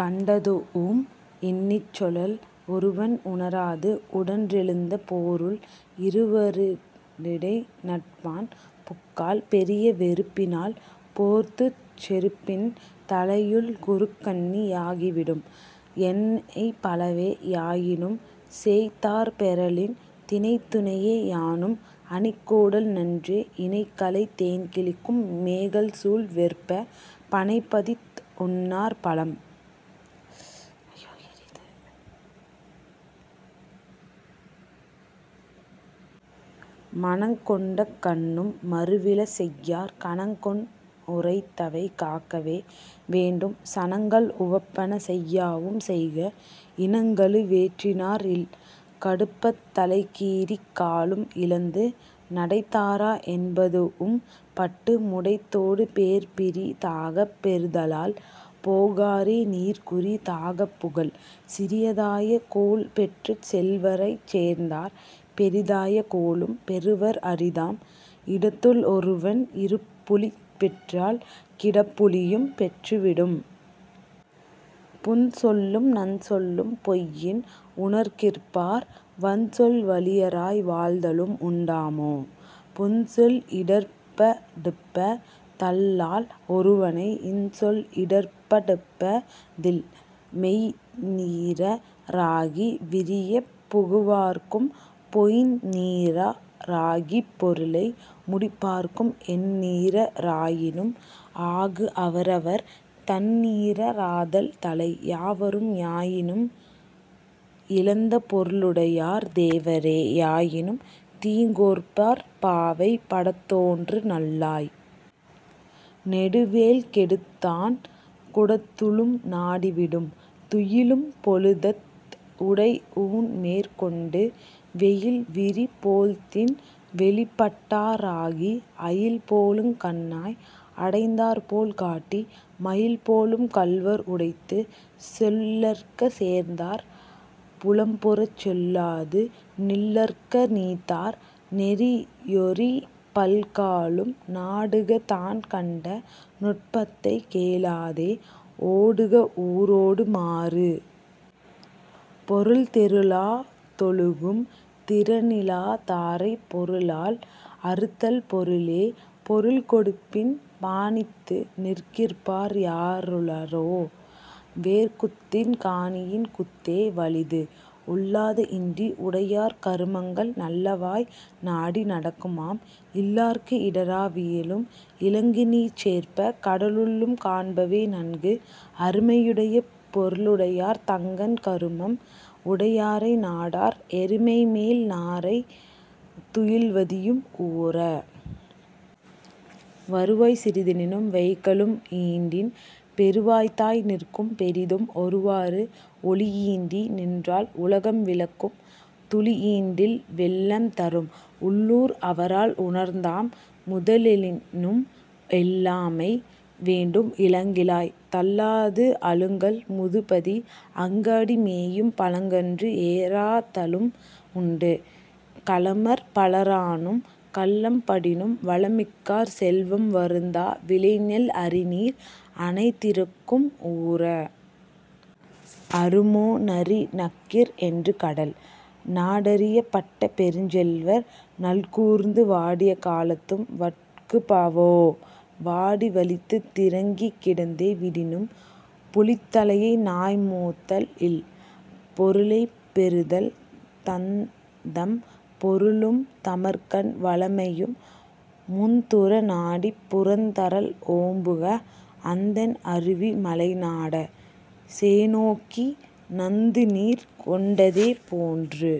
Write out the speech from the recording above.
கண்டதூஉம் எண்ணிச் சொலல்'. ஒருவன் உணராது உடன்றெழுந்த போருள் இருவ ரிடைநட்பான் புக்கால் பெரிய வெறுப்பினால் போர்த்துச் செறுப்பின் 'தலையுள் குறுக்கண்ணி யாகி விடும்'. எனைப்பலவே யாயினும் சேய்த்தாற் பெறலின் தினைத்துணையே யானும் அணிக்கோடல் நன்றே இனிக்கலை தேன்கிழிக்கும் மேகல்சூழ் வெற்ப! 'பனைப்பதித் உண்ணார் பழம்'. மனங்கொண்டக் கண்ணும் மருவில செய்யார் கனங்கொண் உரைத்தவை காக்கவே வேண்டும் சனங்கள் உவப்பன செய்யாவும் செய்க 'இனங்கழு வேற்றினார் இல்'. கடுப்பத் தலைக்கீறிக் காலும் இழந்து நடைத்தாரா என்பதூஉம் பட்டு முடைத்தோடு பேர்பிறி தாகப் பெறுதலால் 'போகாரே நீர்குறி தாகப் புகல்'. சிறியதாய கூழ்பெற்றுச் செல்வரைச் சேர்ந்தார் பெரிதாய கூழும் பெறுவர் அரிதாம் 'இடத்துள் ஒருவன் இருப்புழிப் பெற்றால் கிடப்புழியும் பெற்று விடும்'. புன்சொல்லும் நன்சொல்லும் பொய்யின் உணர்கிற்பார் வன்சொல் வழியராய் வாழ்தலும் உண்டாமோ? புன்சொல் இடர்ப்படுப்ப தல்லால் ஒருவனை 'இன்சொல் இடர்ப்படுப்ப தில்'. மெய்ந்நீர ராகி விரியப் புகுவார்க்கும் பொய்ந்நீர ராகிப் பொருளை முடிப்பார்க்கும் எந்நீர ராயினும் ஆகு அவரவர் 'தந்நீர ராதல் தலை'. யாவரும் யாயினும் இழந்த பொருளுடையார் தேவரே யாயினும் தீங்கோர்ப்பர் பாவை படத்தோன்று நல்லாய்! 'நெடுவேல் கெடுத்தான் குடத்துளும் நாடி விடும்'. துயிலும் பொழுதத் உடைஊண்மேற் கொண்டு வெயில்விரி போழ்தின் வெளிப்பட்டா ராகி அயில்போலுங் கண்ணாய்! அடைந்தார்போல் காட்டி 'மயில்போலும் கள்வர் உடைத்து'. செல்லற்க சேர்ந்தார் புலம்புறச் செல்லாது நில்லற்க நீத்தார் நெறியொரீப் பல்காலும் நாடுக தான்கண்ட நுட்பத்தைக் கேளாதே 'ஓடுக ஊரோடு மாறு'.. பொருள் தெருளா தொழுகும் திறனிலா தாரைப் பொருளால் அறுத்தல் பொருளே பொருள்கொடுப்பின் பாணித்து நிற்கிற்பார் யாருளரோ? 'வேற்குத்தின் காணியின் குத்தே வலிது'. ஒல்லாத இன்றி உடையார் கருமங்கள் நல்லவாய் நாடி நடக்குமாம் இல்லார்க்கு இடரா வியலும் இலங்குநீர்ச் சேர்ப்ப! 'கடலுள்ளும் காண்பவே நன்கு'. அருமை யுடைய பொருளுடையார் தங்கண் கருமம் உடையாரை நாடார் எருமைமேல் நாரை துயில்வதியும் ஊர! வருவாய் சிறிதெனினும் வைகலும் ஈண்டின் பெருவாய்த்தாய் நிற்கும் பெரிதும் ஒருவாறு ஒளியீண்டி நின்றால் உலகம் விளக்கும் 'துளியீண்டில் வெள்ளம் தரும்'. உள்ளூர் அவரால் உணர்ந்தாம் முதலெனினும் எள்ளாமை வேண்டும் இலங்கிழாய்! தள்ளாது அழுங்கல் முதுபதி 'அங்காடி மேயும் பழங்கன்று ஏறாதலும் உண்டு'. களமர் பலரானும் கள்ளம் படினும் வளமிக்கார் செல்வம் வருந்தா விளைநெல் அரிநீர் அணைதிறக்கும் ஊர! 'அறுமோ நரிநக்கிற் என்று கடல்'. நாடறியப் பட்ட பெருஞ்செல்வர் நல்கூர்ந்து வாடிய காலத்தும் வட்குபவோ! வாடி வலித்துத் திரங்கிக் கிடந்தே விடினும் 'புலித்தலையை நாய்மோத்தல் இல்'. பொருளைப் பெறுதல் தந்தம் பொருளும் தமர்கண் வளமையும் முந்துற நாடிப் புறந்தரல் ஓம்புக அந்தண் அருவி மலைநாட! சேணோக்கி 'நந்துநீர் கொண்டதே போன்று'.